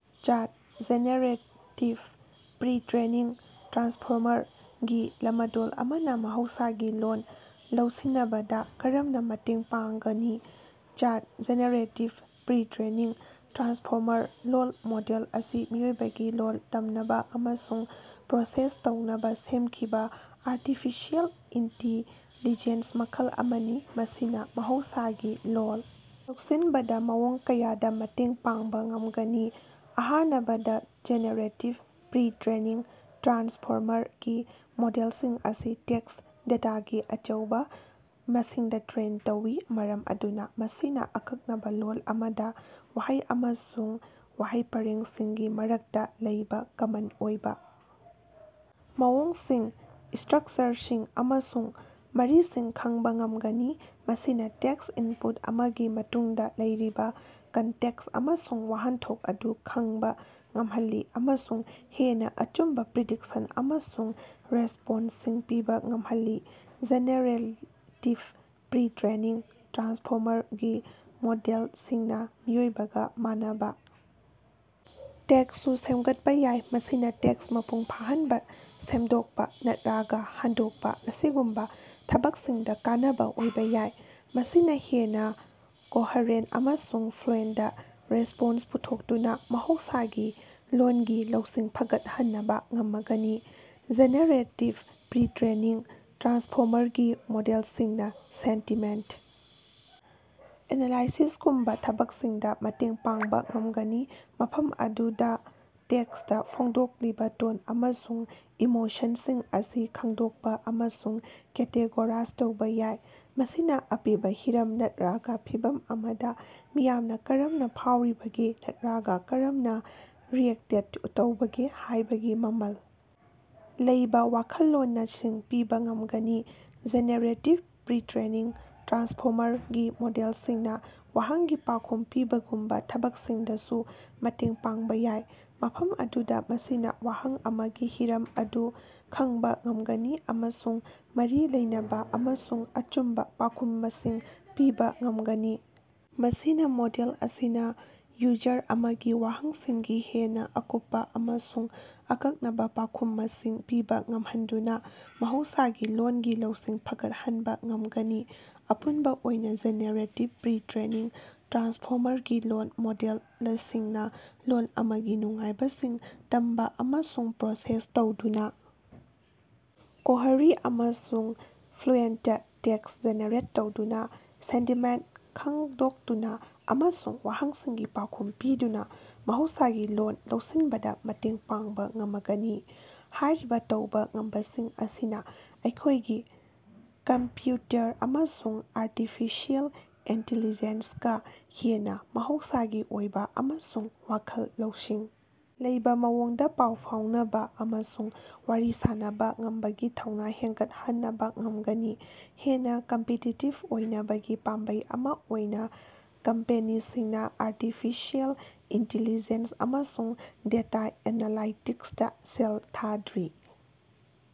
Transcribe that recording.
ꯆꯥꯠ generative pretrained transformer ꯒꯤ ꯂꯃꯗꯣꯜ ꯑꯃꯅꯥ ꯃꯍꯧꯁꯥꯒꯤ ꯂꯣꯜ ꯂꯧꯁꯤꯅꯕꯗꯥ ꯀꯔꯝꯅꯥ ꯃꯇꯦꯡ ꯄꯥꯡꯒꯅꯤ? ꯆꯥꯠ ꯖꯦꯅꯦꯔꯦꯇꯤꯐ ꯄ꯭ꯔꯤ-ꯇ꯭ꯔꯦꯅꯤꯡ ꯇ꯭ꯔꯥꯟꯁꯐꯣꯔꯃꯔ ꯂꯣꯜ ꯃꯣꯗꯦꯜ ꯑꯁꯤ ꯃꯤꯑꯣꯏꯕꯒꯤ ꯂꯣꯜ ꯇꯝꯅꯕꯥ ꯑꯃꯁꯨꯡ ꯄ꯭ꯔꯣꯁꯦꯁ ꯇꯧꯅꯕꯥ ꯁꯦꯝꯈꯤꯕꯥ ꯑꯥꯔꯇꯤꯐꯤꯁꯤꯑꯦꯜ ꯏꯟꯇꯤꯂꯤꯖꯦꯟ꯭ꯁ ꯃꯈꯜ ꯑꯃꯅꯤ꯫ ꯃꯁꯤꯅꯥ ꯃꯍꯧꯁꯥꯒꯤ ꯂꯣꯜ ꯂꯧꯁꯤꯟꯕꯗꯥ ꯃꯑꯣꯡ ꯀꯌꯥꯗꯥ ꯃꯇꯦꯡ ꯄꯥꯡꯕꯥ ꯉꯝꯒꯅꯤ: ꯑꯍꯥꯟꯅꯕꯗꯥ, ꯖꯦꯅꯦꯔꯦꯇꯤꯐ ꯄ꯭ꯔꯤ-ꯇ꯭ꯔꯦꯅꯤꯡ ꯇ꯭ꯔꯥꯟꯁꯐꯣꯔꯃꯔ ꯒꯤ ꯃꯣꯗꯦꯜꯁꯤꯡ ꯑꯁꯤ ꯇꯦꯛ꯭ꯁ ꯗꯦꯇꯥꯒꯤ ꯑꯆꯧꯕꯥ ꯃꯁꯤꯡꯗꯥ ꯇ꯭ꯔꯦꯟ ꯇꯧꯏ, ꯃꯔꯝ ꯑꯗꯨꯅꯥ ꯃꯁꯤꯅꯥ ꯑꯀꯛꯅꯕꯥ ꯂꯣꯜ ꯑꯃꯗꯥ ꯋꯥꯍꯩ ꯑꯃꯁꯨꯡ ꯋꯥꯍꯩ ꯄꯔꯦꯡꯁꯤꯡꯒꯤ ꯃꯔꯛꯇꯥ ꯂꯩꯕꯥ ꯀꯃꯟ ꯑꯣꯏꯕꯥ ꯃꯑꯣꯡꯁꯤꯡ, ꯏꯇ꯭ꯔꯛꯆꯔꯁꯤꯡ, ꯑꯃꯁꯨꯡ ꯃꯔꯤꯁꯤꯡ ꯈꯡꯕꯥ ꯉꯝꯒꯅꯤ꯫ ꯃꯁꯤꯅꯥ ꯇꯦꯛ꯭ꯁ ꯏꯟꯄꯨꯠ ꯑꯃꯒꯤ ꯃꯇꯨꯡꯗꯥ ꯂꯩꯔꯤꯕꯥ ꯀꯟꯇꯦꯛ꯭ꯁ ꯑꯃꯁꯨꯡ ꯋꯍꯟꯊꯣꯛ ꯑꯗꯨ ꯈꯡꯕꯥ ꯉꯝꯍꯜꯂꯤ ꯑꯃꯁꯨꯡ ꯍꯦꯟꯅꯥ ꯑꯆꯨꯝꯕꯥ ꯄ꯭ꯔꯤꯗꯤꯛꯁꯟ ꯑꯃꯁꯨꯡ ꯔꯦꯁꯄꯣꯟ꯭ꯁꯁꯤꯡ ꯄꯤꯕꯥ ꯉꯝꯍꯜꯂꯤ꯫ ꯖꯦꯅꯦꯔꯦꯂꯤꯇꯤꯕ ꯄ꯭ꯔꯤ-ꯇ꯭ꯔꯦꯅꯤꯡ ꯇ꯭ꯔꯥꯟꯁꯐꯣꯔꯃꯔ ꯒꯤ ꯃꯣꯗꯦꯂꯁꯤꯡꯅꯥ ꯃꯤꯑꯣꯏꯕꯒꯥ ꯃꯥꯟꯅꯕꯥ ꯇꯦꯛ꯭꯭ꯁꯁꯨ ꯁꯦꯝꯒꯠꯄꯥ ꯌꯥꯏ, ꯃꯁꯤꯅꯥ ꯇꯦꯛꯁ ꯃꯄꯨꯡ ꯐꯥꯍꯟꯕꯥ, ꯁꯦꯝꯗꯣꯛꯄꯥ, ꯅꯠꯔꯒꯥ ꯍꯟꯗꯣꯛꯄꯥ ꯑꯁꯤꯒꯨꯝꯕꯥ ꯊꯕꯛꯁꯤꯡꯗꯥ ꯀꯥꯟꯅꯕꯥ ꯑꯣꯏꯕꯥ ꯌꯥꯏ꯫ ꯃꯁꯤꯅꯥ ꯍꯦꯟꯅꯥ ꯀꯣꯍꯔꯦꯟ ꯑꯃꯁꯨꯡ ꯐ꯭ꯂꯨꯏꯗ ꯔꯦꯁꯄꯣꯟ꯭ꯁ ꯄꯨꯊꯣꯛꯇꯨꯅꯥ ꯃꯍꯧꯁꯥꯒꯤ ꯂꯣꯂꯒꯤ ꯂꯧꯁꯤꯡ ꯐꯒꯠꯍꯅꯕꯥ ꯉꯃꯒꯅꯤ꯫ ꯖꯦꯅꯦꯔꯦꯇꯤꯕ ꯄ꯭ꯔꯤ-ꯇ꯭ꯔꯦꯅꯤꯡ ꯇ꯭ꯔꯥꯟꯁꯐꯣꯔꯃꯔ ꯒꯤ ꯃꯣꯗꯦꯜꯁꯤꯡꯅꯥ ꯁꯦꯟꯇꯤꯃꯦꯟꯇ ꯑꯦꯅꯥꯂꯥꯏꯁꯤꯁꯀꯨꯝꯕꯥ ꯊꯕꯛꯁꯤꯡꯗꯥ ꯃꯇꯦꯡ ꯄꯥꯡꯕꯥ ꯉꯝꯒꯅꯤ, ꯃꯐꯝ ꯑꯗꯨꯗꯥ ꯇꯦꯛ꯭ꯁꯇꯥ ꯐꯣꯡꯗꯣꯛꯂꯤꯕꯥ ꯇꯣꯟ ꯑꯃꯁꯨꯡ ꯏꯃꯣꯁꯟꯁꯤꯡ ꯑꯁꯤ ꯈꯡꯗꯣꯛꯄꯥ ꯑꯃꯁꯨꯡ ꯀꯦꯇꯦꯒꯣꯔꯥ꯭ꯖ ꯇꯧꯕꯥ ꯌꯥꯏ꯫ ꯃꯁꯤꯅꯥ ꯑꯄꯤꯕꯥ ꯍꯤꯔꯝ ꯅꯠꯔꯥꯒꯥ ꯐꯤꯚꯝ ꯑꯃꯗꯥ ꯃꯤꯌꯥꯝꯅꯥ ꯀꯔꯝꯅꯥ ꯐꯥꯎꯔꯤꯕꯒꯦ ꯅꯠꯔꯥꯒꯥ ꯀꯔꯝꯅꯥ ꯔꯤꯑꯦꯛꯇꯦꯠ ꯇꯧꯕꯒꯦ ꯍꯥꯌꯕꯒꯤ ꯃꯃꯜ ꯂꯩꯕꯥ ꯋꯥꯈꯜꯂꯣꯅꯁꯤꯡ ꯄꯤꯕꯥ ꯉꯝꯒꯅꯤ꯫ ꯖꯦꯅꯦꯔꯦꯇꯤꯕ ꯄ꯭ꯔꯤ-ꯇ꯭ꯔꯦꯅꯤꯡ ꯇ꯭ꯔꯥꯟꯁꯐꯣꯔꯃꯔ ꯒꯤ ꯃꯣꯗꯦꯂꯁꯤꯡꯅꯥ ꯋꯥꯍꯪꯒꯤ ꯄꯥꯎꯈꯨꯝ ꯄꯤꯕꯒꯨꯝꯕꯥ ꯊꯕꯛꯁꯤꯡꯗꯁꯨ ꯃꯇꯦꯡ ꯄꯥꯡꯕꯥ ꯌꯥꯏ, ꯃꯐꯝ ꯑꯗꯨꯗꯥ ꯃꯁꯤꯅꯥ ꯋꯥꯍꯪ ꯑꯃꯒꯤ ꯍꯤꯔꯝ ꯑꯗꯨ ꯈꯡꯕꯥ ꯉꯝꯒꯅꯤ ꯑꯃꯁꯨꯡ ꯃꯔꯤ ꯂꯩꯅꯕꯥ ꯑꯃꯁꯨꯡ ꯑꯆꯨꯝꯕꯥ ꯄꯥꯎꯈꯨꯃꯁꯤꯡ ꯄꯤꯕꯥ ꯉꯝꯒꯅꯤ꯫ ꯃꯁꯤꯅꯥ ꯃꯣꯗꯦꯜ ꯑꯁꯤꯅꯥ ꯌꯨꯖꯔ ꯑꯃꯒꯤ ꯋꯥꯍꯪꯁꯤꯡꯒꯤ ꯍꯦꯟꯅꯥ ꯑꯀꯨꯞꯄꯥ ꯑꯃꯁꯨꯡ ꯑꯀꯛꯅꯕꯥ ꯄꯥꯎꯈꯨꯃꯁꯤꯡ ꯄꯤꯕꯥ ꯉꯝꯍꯟꯗꯨꯅꯥ ꯃꯍꯧꯁꯥꯒꯤ ꯂꯣꯜꯒꯤ ꯂꯧꯁꯤꯡ ꯐꯒꯠꯍꯟꯕꯥ ꯉꯝꯒꯅꯤ꯫ ꯑꯄꯨꯟꯕꯥ ꯑꯣꯏꯅꯥ, ꯖꯦꯅꯦꯔꯦꯇꯤꯕ ꯄ꯭ꯔꯤ-ꯇ꯭ꯔꯦꯅꯤꯡ ꯇ꯭ꯔꯥꯟꯁꯐꯣꯔꯃꯔ ꯒꯤ ꯂꯣꯜ ꯃꯣꯗꯦꯂꯁꯤꯡꯅꯥ ꯂꯣꯜ ꯑꯃꯒꯤ ꯅꯨꯡꯉꯥꯏꯕꯁꯤꯡ ꯇꯝꯕꯥ ꯑꯃꯁꯨꯡ ꯄ꯭ꯔꯣꯁꯦꯁ ꯇꯧꯗꯨꯅꯥ, ꯀꯣꯍꯔꯤ ꯑꯃꯁꯨꯡ ꯐ꯭ꯂꯨꯑꯦꯟꯇꯦꯠ ꯇꯦꯛꯁ ꯖꯦꯅꯦꯔꯦꯠ ꯇꯧꯗꯨꯅꯥ, ꯁꯦꯟꯇꯤꯃꯦꯟꯇ ꯈꯉꯗꯣꯛꯇꯨꯅꯥ, ꯑꯃꯁꯨꯡ ꯋꯥꯍꯪꯁꯤꯡꯒꯤ ꯄꯥꯎꯈꯨꯝ ꯄꯤꯗꯨꯅꯥ ꯃꯍꯧꯁꯥꯒꯤ ꯂꯣꯜ ꯂꯧꯁꯤꯟꯕꯗꯥ ꯃꯇꯦꯡ ꯄꯥꯡꯕꯥ ꯉꯃꯒꯅꯤ꯫ ꯍꯥꯏꯔꯤꯕꯥ ꯇꯧꯕꯥ ꯉꯝꯕꯁꯤꯡ ꯑꯁꯤꯅꯥ ꯑꯩꯈꯣꯌꯒꯤ ꯀꯝꯄ꯭ꯌꯨꯇꯔ ꯑꯃꯁꯨꯡ ꯑꯥꯔꯇꯤꯐꯤꯁꯤꯑꯦꯜ ꯏꯟꯇꯦꯂꯤꯖꯦꯟꯁꯀꯥ ꯍꯦꯟꯅꯥ ꯃꯍꯧꯁꯥꯒꯤ ꯑꯣꯏꯕꯥ ꯑꯃꯁꯨꯡ ꯋꯥꯈꯜ ꯂꯧꯁꯤꯡ ꯂꯩꯕꯥ ꯃꯑꯣꯡꯗꯥ ꯄꯥꯎ ꯐꯥꯑꯣꯅꯕꯥ ꯑꯃꯁꯨꯡ ꯋꯥꯔꯤ ꯁꯥꯅꯕꯥ ꯉꯝꯕꯒꯤ ꯊꯧꯅꯥ ꯍꯦꯟꯒꯠꯍꯅꯕꯥ ꯉꯝꯒꯅꯤ꯫ ꯍꯦꯟꯅꯥ ꯀꯝꯄꯤꯇꯤꯇꯤꯕ ꯑꯣꯏꯅꯕꯒꯤ ꯄꯥꯝꯕꯩ ꯑꯃꯥ ꯑꯣꯏꯅꯥ ꯀꯝꯄꯦꯅꯤꯁꯤꯡꯅꯥ ꯑꯥꯔꯇꯤꯐꯤꯁꯤꯑꯦꯜ ꯏꯟꯇꯤꯂꯤꯖꯦꯟ꯭ꯁ ꯑꯃꯁꯨꯡ ꯗꯦꯇꯥ ꯑꯦꯅꯥꯂꯥꯏꯇꯤꯛ꯭ꯁꯇꯥ ꯁꯦꯜ ꯊꯥꯗꯔꯤ꯫